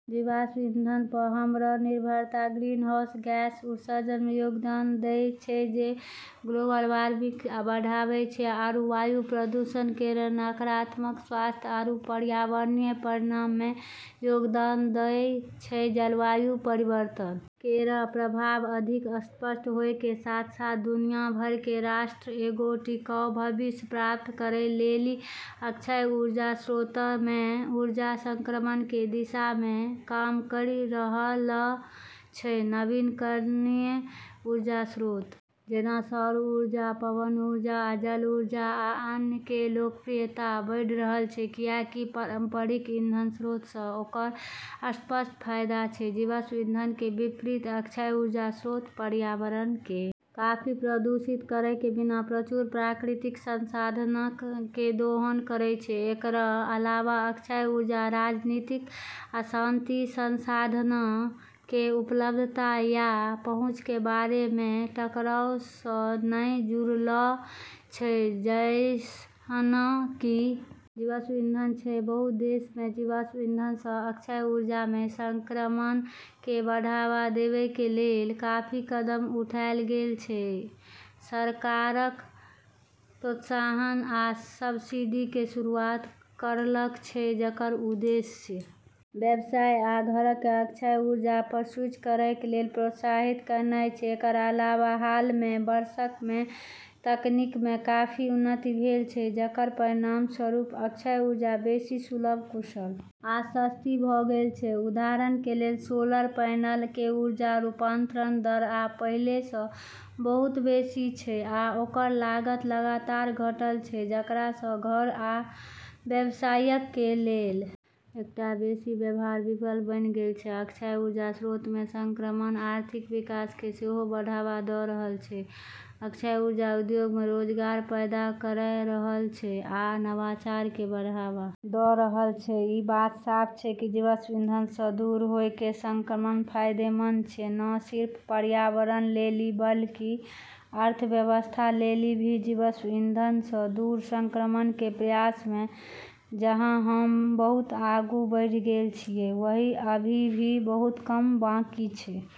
जीवाश्म ईंधन प हमरऽ निर्भरता ग्रीनहाउस गैस उत्सर्जन मे योगदान दै छै जे ग्लोबल वार्मिंग कं बढ़ाबै छै आरू वायु प्रदूषण केरऽ नकारात्मक स्वास्थ्य आरू पर्यावरणीय परिणाम मे योगदान दै छै, जलवायु परिवर्तन केरऽ प्रभाव अधिक स्पष्ट होय के साथ-साथ दुनिया भर के राष्ट्र एगो टिकाऊ भविष्य प्राप्त करै लेली अक्षय ऊर्जा स्रोतऽ मे ऊर्जा संक्रमण के दिशा मे काम करी रहलऽ छै, नवीकरणीय ऊर्जा स्रोत जेना सौर ऊर्जा, पवन ऊर्जा, आ जल ऊर्जा, आ अन्य कें लोकप्रियता बढ़ रहल छै, कियाकि पारंपरिक ईंधन स्रोत सं ओकर स्पष्ट फायदा छै, जीवाश्म ईंधन कें विपरीत अक्षय ऊर्जा स्रोत पर्यावरण कें काफी प्रदूषित करय कें बिना प्रचुर प्राकृतिक संसाधनक कें दोहन करय छै, एकरऽ अलावा अक्षय ऊर्जा राजनीतिक अशांति, संसाधनऽ के उपलब्धता या पहुँच के बारे मे टकराव सं नै जुड़लऽ छै जैसनऽ कि जीवाश्म ईंधन छै, बहुत देशक मे जीवाश्म ईंधन सं अक्षय ऊर्जा मे संक्रमण कें बढ़ावा देवय कें लेल काफी कदम उठाएल गेल छै, सरकारक प्रोत्साहन आ सब्सिडी कें शुरूआत करलक छै जेकर उद्देश्य व्यवसाय आ घरक कें अक्षय ऊर्जा पर स्विच करय कें लेल प्रोत्साहित करनाय छै, एकर अलावा हाल कें वर्षक मे तकनीक मे काफी उन्नति भेल छै जेकर परिणामस्वरूप अक्षय ऊर्जा बेसि सुलभ, कुशल आ सस्ती भ गेल छै, उदाहरण कें लेल सोलर पैनल कें ऊर्जा रूपांतरण दर आब पहिले सं बहुत बेसि छै आ ओकर लागत लगातार घटल छै जेकरा सं घर आ व्यवसायक कें लेल एकटा बेसि व्यवहार विकल्प बनि गेल छै, अक्षय ऊर्जा स्रोत मे संक्रमण आर्थिक विकास कें सेहो बढ़ावा द रहल छै, अक्षय ऊर्जा उद्योग मे रोजगार पैदा करय रहल छै आ नवाचार कें बढ़ावा द रहल छै, ई बात साफ छै कि जीवाश्म ईंधन स दूर होय के संक्रमण फायदेमंद छै न सिर्फ पर्यावरण लेली बल्कि अर्थव्यवस्था लेली भी, जीवाश्म ईंधन सं दूर संक्रमण के प्रयास मे जहाँ हम्म बहुत आगू बढ़ी गेल छियै, वहीं अभी भी बहुत काम बाकी छै।